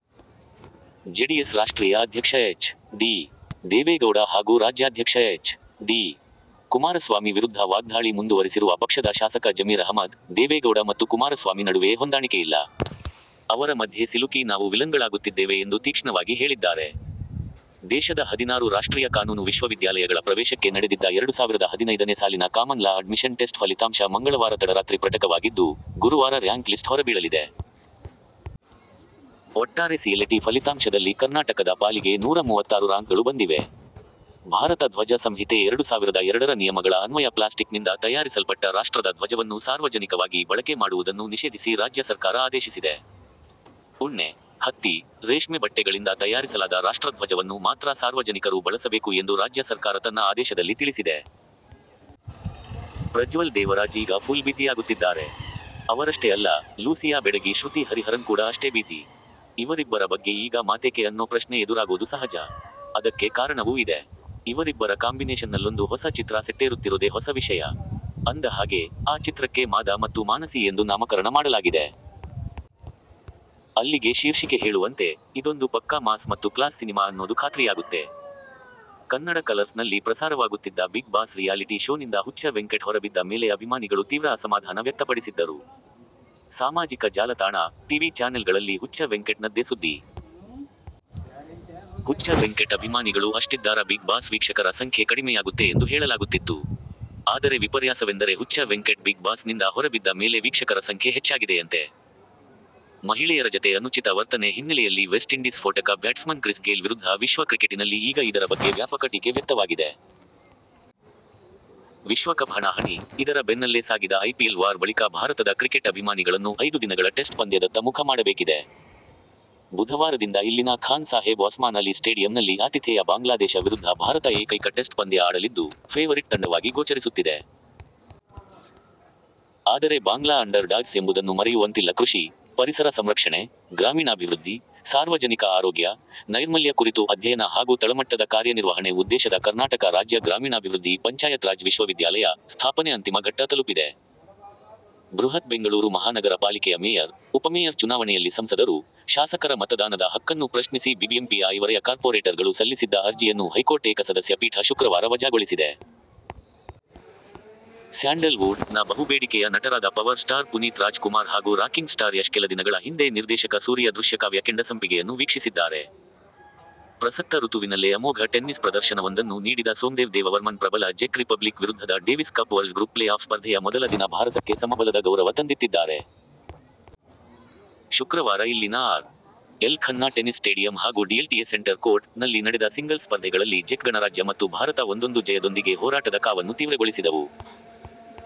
JDS ರಾಷ್ಟ್ರೀಯ ಅಧ್ಯಕ್ಷ H. D. Devegowda ಹಾಗೂ ರಾಜ್ಯಾಧ್ಯಕ್ಷ ಎಚ್. ಡಿ. ಕುಮಾರಸ್ವಾಮಿ ವಿರುದ್ಧ ವಾಗ್ಧಾಳಿ ಮುಂದುವರಿಸಿರುವ ಪಕ್ಷದ ಶಾಸಕ ಜಮೀರ್ ಅಹಮದ್, ದೇವೇಗೌಡ ಮತ್ತು ಕುಮಾರಸ್ವಾಮಿ ನಡುವೆಯೇ ಹೊಂದಾಣಿಕೆಯಿಲ್ಲ. ಅವರ ಮಧ್ಯೆ ಸಿಲುಕಿ ನಾವು ವಿಲನ್ಗಳಾಗುತ್ತಿದ್ದೇವೆ ಎಂದು ತೀಕ್ಷ್ಣವಾಗಿ ಹೇಳಿದ್ದಾರೆ. ದೇಶದ ಹದಿನಾರು ರಾಷ್ಟ್ರೀಯ ಕಾನೂನು ವಿಶ್ವವಿದ್ಯಾಲಯಗಳ ಪ್ರವೇಶಕ್ಕೆ ನಡೆದಿದ್ದ ಎರಡು ಸಾವಿರದ ಹದಿನೈದನೇ ಸಾಲಿನ ಕಾಮನ್ ಲಾ ಅಡ್ಮಿಷನ್ ಟೆಸ್ಟ್ ಫಲಿತಾಂಶ ಮಂಗಳವಾರ ತಡರಾತ್ರಿ ಪ್ರಟಕವಾಗಿದ್ದು, ಗುರುವಾರ ರ್ಯಾಂಕ್ ಲಿಸ್ಟ್ ಹೊರಬೀಳಲಿದೆ. ಒಟ್ಟಾರೆ ಸಿಎಲ್ಎಟಿ ಫಲಿತಾಂಶದಲ್ಲಿ ಕರ್ನಾ ಟಕದ ಪಾಲಿಗೆ ನೂರ ಮೂವತ್ತಾರು ರಾಂಕ್ಗಳು ಬಂದಿವೆ. ಭಾರತ ಧ್ವಜ ಸಂಹಿತೆ-ಎರಡು ಸಾವಿರದ ಎರಡರ ನಿಯಮಗಳ ಅನ್ವಯ ಪ್ಲಾಸ್ಟಿಕ್ನಿಂದ ತಯಾರಿಸಲ್ಪಟ್ಟ ರಾಷ್ಟ್ರದ ಧ್ವಜವನ್ನು ಸಾರ್ವಜನಿಕವಾಗಿ ಬಳಕೆ ಮಾಡುವುದನ್ನು ನಿಷೇಧಿಸಿ ರಾಜ್ಯ ಸರ್ಕಾರ ಆದೇಶಿಸಿದೆ. ಉಣ್ಣೆ, ಹತ್ತಿ, ರೇಷ್ಮೆ ಬಟ್ಟೆಗಳಿಂದ ತಯಾರಿಸಲಾದ ರಾಷ್ಟ್ರಧ್ವಜವನ್ನು ಮಾತ್ರ ಸಾರ್ವಜನಿಕರು ಬಳಸಬೇಕು ಎಂದು ರಾಜ್ಯ ಸರ್ಕಾರ ತನ್ನ ಆದೇಶದಲ್ಲಿ ತಿಳಿಸಿದೆ. ಪ್ರಜ್ವಲ್ ದೇವರಾಜ್ ಈಗ ಫುಲ್ ಬಿಝಿಯಾಗುತ್ತಿದ್ದಾರೆ. ಅವರಷ್ಟೇ ಅಲ್ಲ, ಲೂಸಿಯಾ ಬೆಡಗಿ ಶ್ರುತಿ ಹರಿಹರನ್ ಕೂಡ ಅಷ್ಟೇ ಬಿಝಿ. ಇವರಿಬ್ಬರ ಬಗ್ಗೆ ಈಗ ಮಾತೇಕೆ ಅನ್ನೋ ಪ್ರಶ್ನೆ ಎದುರಾಗೋದು ಸಹಜ. ಅದಕ್ಕೆ ಕಾರಣವೂ ಇದೆ. ಇವರಿಬ್ಬರ ಕಾಂಬಿನೇಷನ್ನಲ್ಲೊಂದು ಹೊಸ ಚಿತ್ರ ಸೆಟ್ಟೇರುತ್ತಿರೋದೇ ಹೊಸ ವಿಷಯ. ಅಂದಹಾಗೆ, ಆ ಚಿತ್ರಕ್ಕೆ ಮಾದ ಮತ್ತು ಮಾನಸಿ ಎಂದು ನಾಮಕರಣ ಮಾಡಲಾಗಿದೆ. ಅಲ್ಲಿಗೆ ಶೀರ್ಷಿಕೆ ಹೇಳುವಂತೆ, ಇದೊಂದು ಪಕ್ಕಾ ಮಾಸ್ ಮತ್ತು ಕ್ಲಾಸ್ ಸಿನಿಮಾ ಅನ್ನೋದು ಖಾತ್ರಿಯಾಗುತ್ತೆ. ಕನ್ನಡ ಕಲರ್ಸ್ ನಲ್ಲಿ ಪ್ರಸಾರವಾಗುತ್ತಿದ್ದ ಬಿಗ್ ಬಾಸ್ ರಿಯಾಲಿಟಿ ಶೋನಿಂದ ಹುಚ್ಚ ವೆಂಕಟ್ ಹೊರಬಿದ್ದ ಮೇಲೆ ಅಭಿಮಾನಿಗಳು ತೀವ್ರ ಅಸಮಾಧಾನ ವ್ಯಕ್ತಪಡಿಸಿದ್ದರು. ಸಾಮಾಜಿಕ ಜಾಲತಾಣ, ಟಿವಿ ಚಾನೆಲ್ ಗಳಲ್ಲಿ ಹುಚ್ಚ ವೆಂಕಟ್ ನದ್ದೇ ಸುದ್ದಿ. ಹುಚ್ಚ ವೆಂಕಟ್ ಅಭಿಮಾನಿಗಳು ಅಷ್ಟಿದ್ದಾರಾ ಬಿಗ್ ಬಾಸ್ ವೀಕ್ಷಕರ ಸಂಖ್ಯೆ ಕಡಿಮೆಯಾಗುತ್ತೆ ಎಂದು ಹೇಳಲಾಗುತ್ತಿತ್ತು. ಆದರೆ ವಿಪರ್ಯಾಸವೆಂದರೆ ಹುಚ್ಚ ವೆಂಕಟ್ ಬಿಗ್ ಬಾಸ್ ನಿಂದ ಹೊರಬಿದ್ದ ಮೇಲೆ ವೀಕ್ಷಕರ ಸಂಖ್ಯೆ ಹೆಚ್ಚಾಗಿದೆಯಂತೆ. ಮಹಿಳೆಯರ ಜತೆ ಅನುಚಿತ ವರ್ತನೆ ಹಿನ್ನೆಲೆಯಲ್ಲಿ ವೆಸ್ಟ್ ಇಂಡೀಸ್ ಸ್ಫೋಟಕ ಬ್ಯಾಟ್ಸ್ಮನ್ ಕ್ರಿಸ್ ಗೇಲ್ ವಿರುದ್ಧ ವಿಶ್ವ ಕ್ರಿಕೆಟಿನಲ್ಲಿ ಈಗ ಇದರ ಬಗ್ಗೆ ವ್ಯಾಪಕ ಟೀಕೆ ವ್ಯಕ್ತವಾಗಿದೆ. ವಿಶ್ವಕಪ್ ಹಣಾಹಣಿ, ಇದರ ಬೆನ್ನಲ್ಲೇ ಸಾಗಿದ ಐಪಿಎಲ್ ವಾರ್ ಬಳಿಕ ಭಾರತದ ಕ್ರಿಕೆಟ್ ಅಭಿಮಾನಿಗಳನ್ನು ಐದು ದಿನಗಳ ಟೆಸ್ಟ್ ಪಂದ್ಯದತ್ತ ಮುಖ ಮಾಡಬೇಕಿದೆ. ಬುಧವಾರದಿಂದ ಇಲ್ಲಿನ ಖಾನ್ ಸಾಹೇಬ್ ಒಸ್ಮಾನ್ ಅಲಿ ಸ್ಟೇಡಿಯಂನಲ್ಲಿ ಆತಿಥೇಯ ಬಾಂಗ್ಲಾದೇಶ ವಿರುದ್ಧ ಭಾರತ ಏಕೈಕ ಟೆಸ್ಟ್ ಪಂದ್ಯ ಆಡಲಿದ್ದು, ಫೇವರಿಟ್ ತಂಡವಾಗಿ ಗೋಚರಿಸುತ್ತಿದೆ. ಆದರೆ ಬಾಂಗ್ಲಾ ಅಂಡರ್ ಡಾಗ್ಸ್ ಎಂಬುದನ್ನು ಮರೆಯುವಂತಿಲ್ಲ ಕೃಷಿ, ಪರಿಸರ ಸಂರಕ್ಷಣೆ, ಗ್ರಾಮೀಣಾಭಿವೃದ್ಧಿ, ಸಾರ್ವಜನಿಕ ಆರೋಗ್ಯ, ನೈರ್ಮಲ್ಯ ಕುರಿತು ಅಧ್ಯಯನ ಹಾಗೂ ತಳಮಟ್ಟದ ಕಾರ್ಯನಿರ್ವಹಣೆ ಉದ್ದೇಶದ ಕರ್ನಾಟಕ ರಾಜ್ಯ ಗ್ರಾಮೀಣಾಭಿವೃದ್ಧಿ ಪಂಚಾಯತ್ ರಾಜ್ ವಿಶ್ವವಿದ್ಯಾಲಯ' ಸ್ಥಾಪನೆ ಅಂತಿಮ ಘಟ್ಟ ತಲುಪಿದೆ. ಬೃಹತ್ ಬೆಂಗಳೂರು ಮಹಾನಗರ ಪಾಲಿಕೆಯ ಮೇಯರ್, ಉಪಮೇಯರ್ ಚುನಾವಣೆಯಲ್ಲಿ ಸಂಸದರು, ಶಾಸಕರ ಮತದಾನದ ಹಕ್ಕನ್ನು ಪ್ರಶ್ನಿಸಿ ಬಿಬಿಎಂಪಿಯ ಐವರಯ ಕಾರ್ಪೋರೇಟರ್ ಗಳು ಸಲ್ಲಿಸಿದ್ದ ಅರ್ಜಿಯನ್ನು ಹೈಕೋರ್ಟ್ ಏಕಸದಸ್ಯ ಪೀಠ ಶುಕ್ರವಾರ ವಜಾಗೊಳಿಸಿದೆ. ಸ್ಯಾಂಡಲ್ ವುಡ್'ನ ಬಹುಬೇಡಿಕೆಯ ನಟರಾದ ಪವರ್ ಸ್ಟಾರ್ ಪುನೀತ್ ರಾಜ್ ಕುಮಾರ್ ಹಾಗೂ ರಾಕಿಂಗ್ ಸ್ಟಾರ್ ಯಶ್ ಕೆಲದಿನಗಳ ಹಿಂದೆ ನಿರ್ದೇಶಕ ಸೂರಿಯ ದೃಶ್ಯಕಾವ್ಯ ಕೆಂಡಸಂಪಿಗೆಯನ್ನು ವೀಕ್ಷಿಸಿದ್ದಾರೆ. ಪ್ರಸಕ್ತ ಋತುವಿನಲ್ಲೇ ಅಮೋಘ ಟೆನ್ನಿಸ್ ಪ್ರದರ್ಶನವೊಂದನ್ನು ನೀಡಿದ ಸೋಮ್ದೇವ್ ದೇವವರ್ಮನ್ ಪ್ರಬಲ ಜೆಕ್ ರಿಪಬ್ಲಿಕ್ ವಿರುದ್ಧದ Davis Cup World Group playoff ಸ್ಪರ್ಧೆಯ ಮೊದಲ ದಿನ ಭಾರತಕ್ಕೆ ಸಮಬಲದ ಗೌರವ ತಂದಿತ್ತಿದ್ದಾರೆ. ಶುಕ್ರವಾರ ಇಲ್ಲಿನ R. L Khanna tennis stadium ಹಾಗೂ ಡಿಎಲ್ಟಿಎ ಸೆಂಟರ್ ಕೋರ್ಟ್'ನಲ್ಲಿ ನಡೆದ ಸಿಂಗಲ್ಸ್ ಸ್ಪರ್ಧೆಗಳಲ್ಲಿ ಜೆಕ್ ಗಣರಾಜ್ಯ ಮತ್ತು ಭಾರತ ಒಂದೊಂದು ಜಯದೊಂದಿಗೆ ಹೋರಾಟದ ಕಾವನ್ನು ತೀವ್ರಗೊಳಿಸಿದವು.